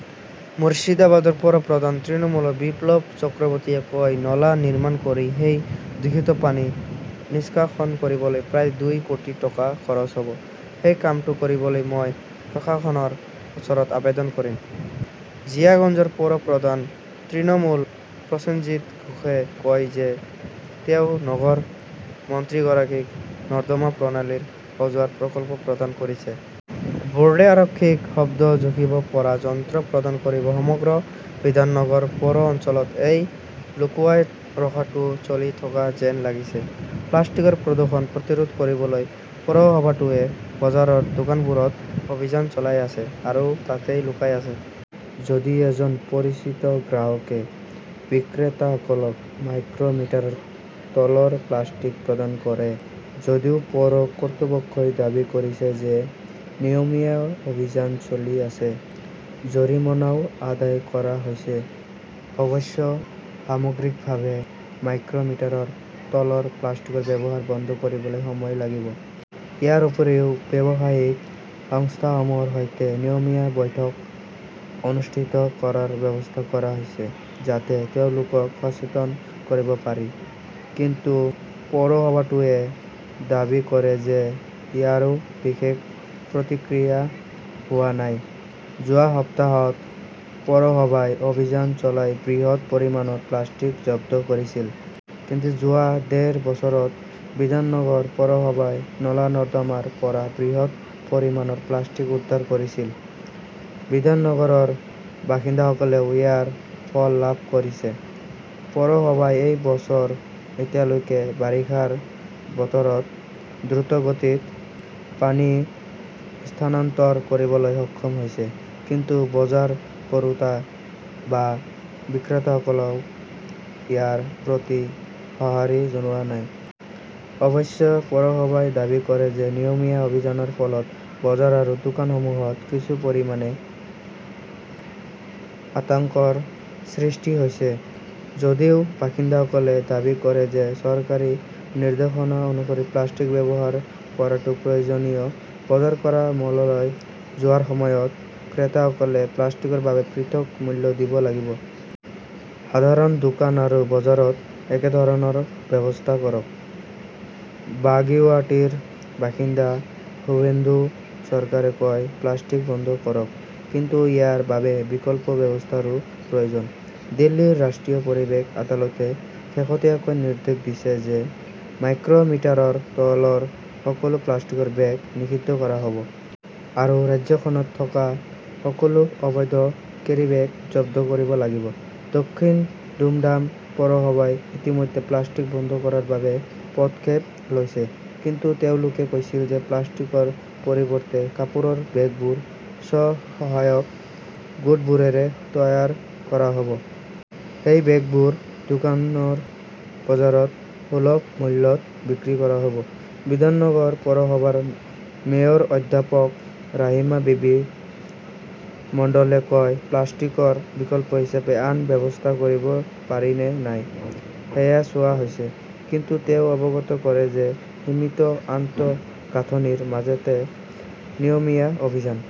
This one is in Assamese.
মুৰ্ছিদাবাদৰ পৌৰ প্ৰধান তৃণমূল বিপ্লৱ চক্ৰৱৰ্তীয়ে কয়, নলা নিৰ্মাণ কৰি সেই দূষিত পানী নিষ্কাশন কৰিবলৈ প্ৰায় দুই কোটি টকা খৰচ হব । সেই কামটো কৰিবলৈ মই প্ৰশাসনৰ ওচৰত আবেদন কৰিম। জিয়াগঞ্জৰ পৌৰ প্ৰধান তৃণমূল প্ৰসেনজিৎ ঘোষে কয় যে তেওঁ নগৰ মন্ত্ৰীগৰাকীক নৰ্দমা প্ৰণালী সজোৱাৰ প্ৰকল্প প্ৰদান কৰিছে। বোৰ্ডে আৰক্ষীক শব্দ জুখিব পৰা যন্ত্ৰ প্ৰদান কৰিব সমগ্ৰ বিধাননগৰ পৌৰ অঞ্চলত এই লুকুৱাই ৰখাটো চলি থকা যেন লাগিছে। প্লাষ্টিকৰ প্ৰদূষণ প্ৰতিৰোধ কৰিবলৈ পৌৰসভাটোৱে বজাৰৰ দোকানবোৰত অভিযান চলাই আছে। আৰু তাতেই লুকাই আছে। যদি এজন পৰিচিত গ্ৰাহকে বিক্ৰেতাসকলক মাইক্ৰ মিটাৰৰ তলৰ প্লাষ্টিক প্ৰদান কৰে। যদিও পৌৰ কৰ্তৃপক্ষই দাবী কৰিছে যে নিয়মীয়া অভিযান চলি আছে। জৰিমনাও আদায় কৰা হৈছে। অৱশ্যে সামগ্ৰিকভাৱে মাইক্ৰ মিটাৰৰ তলৰ প্লাষ্টিকৰ ব্যৱহাৰ বন্ধ কৰিবলৈ সময় লাগিব। ইয়াৰ উপৰিও ব্যৱসায়িক সংস্থাসমূহৰ সৈতে নিয়মীয়া বৈঠক অনুষ্ঠিত কৰাৰ ব্যৱস্থা কৰা হৈছে, যাতে তেওঁলোকক সচেতন কৰিব পাৰি। কিন্তু পৌৰসভাটোৱে দাবী কৰে যে ইয়াৰো বিশেষ প্ৰতিক্ৰিয়া হোৱা নাই। যোৱা সপ্তাহত পৌৰসভাই অভিযান চলাই বৃহৎ পৰিমাণৰ প্লাষ্টিক জব্দ কৰিছিল। কিন্তু যোৱা ডেৰ বছৰত বিধাননগৰ পৌৰসভাই নলা-নৰ্দমাৰ পৰা বৃহৎ পৰিমাণৰ প্লাষ্টিক উদ্ধাৰ কৰিছিল। বিধাননগৰৰ বাসিন্দাসকলেও ইয়াৰ ফল লাভ কৰিছে। পৌৰসভাই এই বছৰ এতিয়ালৈকে বাৰিষাৰ বতৰত দ্ৰুতগতিত পানী স্থানান্তৰ কৰিবলৈ সক্ষম হৈছে। কিন্তু বজাৰ কৰোঁতা বা বিক্ৰেতাসকলেও ইয়াৰ প্ৰতি সঁহাৰি জনোৱা নাই। অৱশ্যে, পৌৰসভাই দাবী কৰে যে নিয়মীয়া অভিযানৰ ফলত বজাৰ আৰু দোকানসমূহত কিছু পৰিমাণে আতংকৰ সৃষ্টি হৈছে। যদিও বাসিন্দাসকলে দাবী কৰে যে চৰকাৰী নিৰ্দেশনা অনুসৰি প্লাষ্টিক ব্যৱহাৰ কৰাটো প্ৰয়োজনীয়। বজাৰ কৰা মললৈ যোৱাৰ সময়ত ক্ৰেতাসকলে প্লাষ্টিকৰ বাবে পৃথক মূল্য দিব লাগিব। সাধাৰণ দোকান আৰু বজাৰত একেধৰণৰ ব্যৱস্থা কৰক। বাগুইয়াটীৰ বাসিন্দা সুভেন্দু চৰকাৰে কয়, প্লাষ্টিক বন্ধ কৰক। কিন্তু ইয়াৰ বাবে বিকল্প ব্যৱস্থাৰো প্ৰয়োজন। দিল্লীৰ ৰাষ্ট্ৰীয় পৰিৱেশ আদালতে শেহতীয়াকৈ নিৰ্দেশ দিছে যে মাইক্ৰমিটাৰৰ তলৰ সকলো প্লাষ্টিকৰ বেগ নিষিদ্ধ কৰা হব। আৰু ৰাজ্যখনত থকা সকলো অবৈধ কেৰীবেগ জব্দ কৰিব লাগিব। দক্ষিণ দুমডাম পৌৰসভাই ইতিমধ্যে প্লাষ্টিক বন্ধ কৰাৰ বাবে পদক্ষেপ লৈছে। কিন্তু তেওঁলোকে কৈছিল যে প্লাষ্টিকৰ পৰিৱৰ্তে কাপোৰৰ বেগবোৰ স্ব-সহায়ক গোটবোৰেৰে তৈয়াৰ কৰা হ 'ব। সেই বেগবোৰ দোকানৰ বজাৰত সুলভ মূল্যত বিক্ৰী কৰা হ 'ব। বিধাননগৰ পৌৰসভাৰ মেয়ৰ অধ্যাপক ৰাহিমা বিবি মণ্ডলে কয়, প্লাষ্টিকৰ বিকল্প হিচাপে আন ব্যৱস্থা কৰিব পাৰি নে নাই সেয়া চোৱা হৈছে। ""কিন্তু তেওঁ অৱগত কৰে যে সীমিত আন্তঃগাঁথনিৰ মাজতে নিয়মীয়া অভিযান"